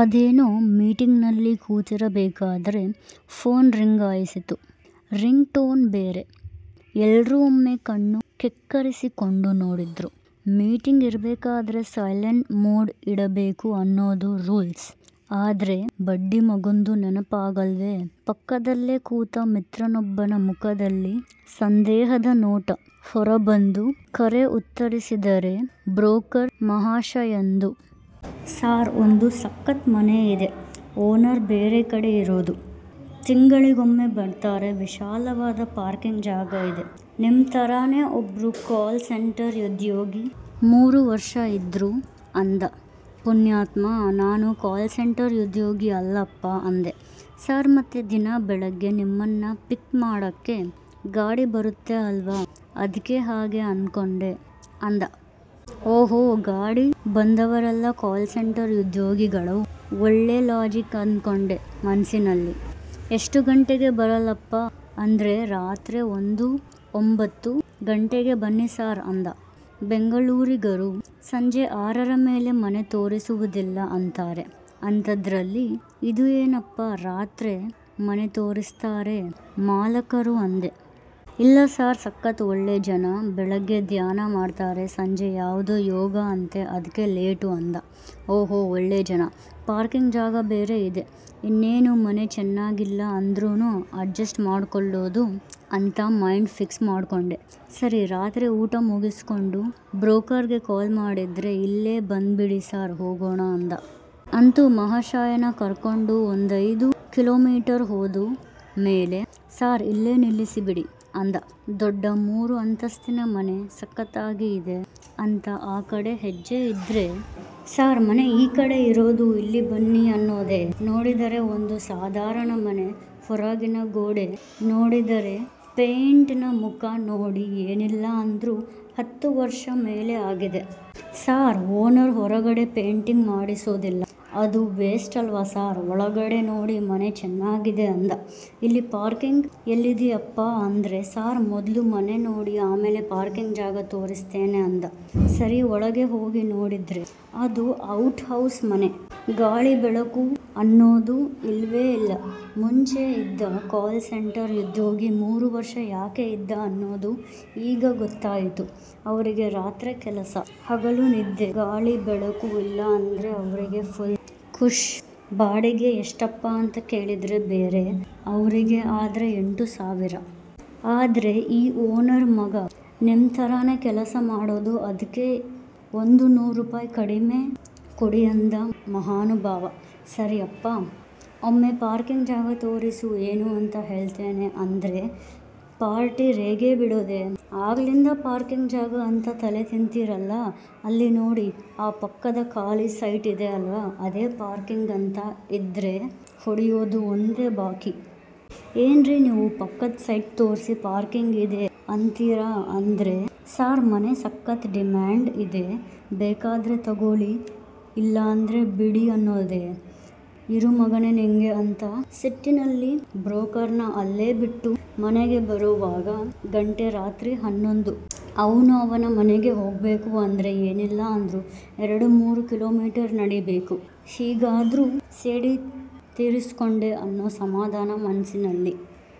ಅದೇನೋ ಮೀಟಿಂಗಲ್ಲಿ ಕೂತಿರಬೇಕಾದ್ರೆ ಫೋನ್ ರಿಂಗಾಯಿಸಿತು. ರಿಂಗ್ ಟೋನ್ ಬೇರೆ. ಎಲ್ರೂ ಒಮ್ಮೆ ಕಣ್ಣು ಕೆಕ್ಕರಿಸ್ಕೊಂಡು ನೋಡಿದ್ರು. ಮೀಟಿಂಗ್ ಇರ್ಬೇಕಾದ್ರೆ ಸೈಲೆಂಟ್ ಮೋಡ್ ಇಡಬೇಕು ಅನ್ನೋದು ರೂಲ್ಸ್, ಆದ್ರೆ ಬಡ್ಡಿಮಗಂದು ನೆನಪಾಗಲ್ವೆ ಪಕ್ಕದಲ್ಲೇ ಕೂತ ಮಿತ್ರನೊಬ್ಬನ ಮುಖದಲ್ಲಿ ಸಂದೇಹದ ನೋಟ. ಹೊರಬಂದು ಕರೆ ಉತ್ತರಿಸಿದರೆ ಬ್ರೋಕರ್ ಮಹಾಶಯಂದು. ಸಾರ್ ಒಂದು ಸಕ್ಕತ್ ಮನೆ ಇದೆ. ಓನರ್ ಬೇರೆ ಕಡೆ ಇರೋದು, ತಿಂಗಳಿಗೊಮ್ಮೆ ಬರ್ತಾರೆ, ವಿಶಾಲವಾದ ಪಾರ್ಕಿಂಗ್ ಜಾಗ ಇದೆ, ನಿಮ್ ತರಾನೆ ಒಬ್ರು ಕಾಲ್ ಸೆಂಟರ್ ಉದ್ಯೋಗಿ ಮೂರು ವರ್ಷ ಇದ್ರು, ಅಂದ. ಪುಣ್ಯಾತ್ಮ ನಾನು ಕಾಲ್ ಸೆಂಟರ್ ಉದ್ಯೋಗಿ ಅಲ್ಲಪ್ಪ ಅಂದೆ. ಸರ್ ಮತ್ತೆ ದಿನ ಬೆಳಗ್ಗೆ ನಿಮ್ಮನ್ನ ಪಿಕ್ ಮಾಡಕ್ಕೆ ಗಾಡಿ ಬರತ್ತೆ ಅಲ್ವಾ ಅದ್ಕೆ ಹಾಗೆ ಅಂದ್ಕೊಂಡೆ ಅಂದ. ಓಹೋ ಗಾಡಿ ಬಂದವರೆಲ್ಲ ಕಾಲ್ ಸೆಂಟರ್ ಉದ್ಯೋಗಿಗಳು. ಒಳ್ಳೇ ಲಾಜಿಕ್ ಅಂದ್ಕೊಂಡೆ ಮನಸ್ಸಿನಲ್ಲಿ. ಎಷ್ಟು ಗಂಟೆಗೆ ಬರಲಪ್ಪ ಅಂದ್ರೆ ರಾತ್ರೆ ಒಂದು ಒಂಭತ್ತು ಗಂಟೆಗೆ ಬನ್ನಿ ಸಾರ್ ಅಂದ. ಬೆಂಗಳೂರಿಗರು ಸಂಜೆ ಆರರ ಮೇಲೆ ಮನೆ ತೋರಿಸೋದಿಲ್ಲ ಅಂತಾರೆ, ಅಂತದ್ರಲ್ಲಿ ಇದು ಏನಪ್ಪಾ ರಾತ್ರೆ ಮನೆ ತೋರಿಸ್ತಾರೆ ಮಾಲಕರು ಅಂದೆ. ಇಲ್ಲಾ ಸಾರ್ ಸಕತ್ ಒಳ್ಳೆ ಜನ, ಬೆಳಗ್ಗೆ ಧ್ಯಾನ ಮಾಡ್ತಾರೆ, ಸಂಜೆ ಯಾವ್ದೋ ಯೋಗ ಅಂತೆ ಅದ್ಕೆ ಲೇಟು ಅಂದ. ಓಹೋ ಒಳ್ಳೆ ಜನ, ಪಾರ್ಕಿಂಗ್ ಜಾಗ ಬೇರೆ ಇದೆ, ಇನ್ನೇನು ಮನೆ ಚೆನಾಗಿಲ್ಲ ಅಂದ್ರೂನು ಅಡ್ಜಸ್ಟ್ ಮಾಡ್ಕೊಳ್ಳೋದು ಅಂತ ಮೈಂಡ್ ಫಿಕ್ಸ್ ಮಾಡ್ಕೊಂಡೆ. ಸರೀ ರಾತ್ರಿ ಊಟ ಮುಗಿಸ್ಕೊಂಡು ಬ್ರೋಕರ್ ಗೆ ಕಾಲ್ ಮಾಡಿದ್ರೆ ಇಲ್ಲೇ ಬಂದ್ ಬಿಡಿ ಸಾರ್ ಹೋಗೋಣ ಅಂದ. ಅಂತು ಮಹಾಶಯನ ಕರ್ಕೊಂಡು ಒಂದೈದು ಕಿಲೋಮೀಟರು ಹೋದ ಮೇಲೆ ಸಾರ್ ಇಲ್ಲೇ ನಿಲ್ಲಿಸಿ ಬಿಡಿ ಅಂದ. ದೊಡ್ಡ ಮೂರು ಅಂತಸ್ತಿನ ಮನೆ. ಸಕತ್ ಆಗಿ ಇದೆ ಅಂತ ಆ ಕಡೆ ಹೆಜ್ಜೆ ಇದ್ರೆ, ಸಾರ್ ಮನೆ ಈ ಕಡೆ ಇರೋದು ಇಲ್ಲಿ ಬನ್ನಿ ಅನ್ನೋದೆ? ನೋಡಿದರೆ ಒಂದು ಸಾದಾರಣ ಮನೆ, ಹೊರಗಿನ ಗೋಡೆ ನೋಡಿದರೆ ಪೇಯಿಂಟ್ ನ ಮುಖ ನೋಡಿ ಏನಿಲ್ಲಾ ಅಂದ್ರು ಹತ್ತು ವರ್ಷ ಮೇಲೆ ಆಗಿದೆ. ಸಾರ್ ಓನರ್ ಹೊರಗಡೆ ಪೇಯಿಂಟ್ ಮಾಡಿಸೋದಿಲ್ಲ ಅದು ವೇಸ್ಟ್ ಅಲ್ವಾ ಸಾರ್ ಒಳಗಡೆ ನೋಡಿ ಮನೆ ಚೆನ್ನಾಗಿದೆ ಅಂದ. ಇಲ್ಲಿ ಪಾರ್ಕಿಂಗ್ ಎಲ್ಲಿದೆಯಪ್ಪ ಅಂದ್ರೆ ಸಾರ್ ಮೊದ್ಲು ಮನೆ ನೋಡಿ ಆಮೇಲೆ ಪಾರ್ಕಿಂಗ್ ಜಾಗ ತೋರಿಸ್ತೇನೆ ಅಂದ. ಸರಿ ಒಳಗೆ ಹೋಗಿ ನೋಡಿದ್ರೆ ಅದು ಔಟ್ ಹೌಸ್ ಮನೆ. ಗಾಳಿ ಬೆಳಕು ಅನ್ನೋದು ಇಲ್ವೇ ಇಲ್ಲ. ಮುಂಚೆ ಇದ್ದ ಕಾಲ್ ಸೆಂಟರ್ ಉದ್ಯೋಗಿ ಮೂರು ವರ್ಷ ಯಾಕೆ ಇದ್ದ ಅನ್ನೋದು ಈಗ ಗೊತ್ತಾಯಿತು. ಅವ್ರಿಗೆ ರಾತ್ರೆ ಕೆಲಸ ಹಗಲು ನಿದ್ದೆ, ಗಾಳಿ ಬೆಳಕು ಇಲ್ಲ ಅಂದ್ರೆ ಅವ್ರಿಗೆ ಫುಲ್ ಕುಶ್ ಬಾಡಿಗೆ ಎಷ್ಟಪ್ಪ ಅಂತ ಕೇಳಿದ್ರೆ ಬೇರೆ ಅವ್ರಿಗೆ ಆದ್ರೆ ಎಂಟು ಸಾವಿರ. ಆದ್ರೆ ಈ ಓನರ್ ಮಗ ನಿಮ್ ತರಾನೆ ಕೆಲಸ ಮಾಡೋದು ಅದ್ಕೆ ಒಂದು ಇನ್ನೂರು ಕಮ್ಮಿ ಕೊಡಿ ಅಂದ ಮಹಾನುಭಾವ. ಸರೀಪ್ಪ ಒಮ್ಮೆ ಪಾರ್ಕಿಂಗ್ ಜಾಗ ತೋರಿಸು ಏನು ಅಂತ ಹೇಳ್ತೇನೆ ಅಂದ್ರೆ ಪಾರ್ಟಿ ರೇಗಿ ಬಿಡೋದೇ?. ಆಗ್ಲಿಂದ ಪಾರ್ಕಿಂಗ್ ಜಾಗ ಅಂತ ತಲೆ ತಿನ್ತೀರಲ್ಲ ಅಲ್ಲಿ ನೋಡಿ ಆ ಪಕ್ಕದ ಖಾಲಿ ಸೈಟ್ ಇದೆ ಅಲ್ವಾ, ಅದೇ ಪಾರ್ಕಿಂಗ್ ಅಂತಾ ಇದ್ರೆ ಹೊಡಿಯೋದು ಒಂದೇ ಬಾಕಿ. ಏನ್ರಿ ನೀವು ಪಕ್ಕದ್ ಸೈಟ್ ತೋರಿಸಿ ಪಾರ್ಕಿಂಗ್ ಇದೆ ಅಂತೀರಾ ಅಂದ್ರೆ ಸಾರ್ ಮನೆ ಸಕತ್ ಡಿಮ್ಯಾಂಡ್ ಇದೆ ಬೇಕಾದರೆ ತಗೋಳಿ ಇಲ್ಲಾಂದ್ರೆ ಬಿಡಿ ಅನ್ನೊದೆ.? ಇರು ಮಗನೆ ನಿಂಗೆ ಅಂತ ಸಿಟ್ಟಿನಲ್ಲಿ ಬ್ರೋಕರ್ ನ ಅಲ್ಲೇ ಬಿಟ್ಟು ಮನೆಗೆ ಬರೋವಾಗ ಗಂಟೆ ರಾತ್ರಿ ಹನ್ನೊಂದು. ಅವ್ನು ಅವನ ಮನೆಗೆ ಹೋಗ್ಬೇಕು ಅಂದ್ರೆ ಏನಿಲ್ಲ ಅಂದ್ರು ಎರಡು-ಮೂರು ಕಿಲೋಮೀಟರು ನಡೀಬೇಕು, ಹೀಗಾದ್ರೂ ಸೇಡು ತೀರಿಸ್ಕೊಂಡೆ ಅನ್ನೋ ಸಮಾದಾನ ಮನಸ್ಸಿನಲ್ಲಿ.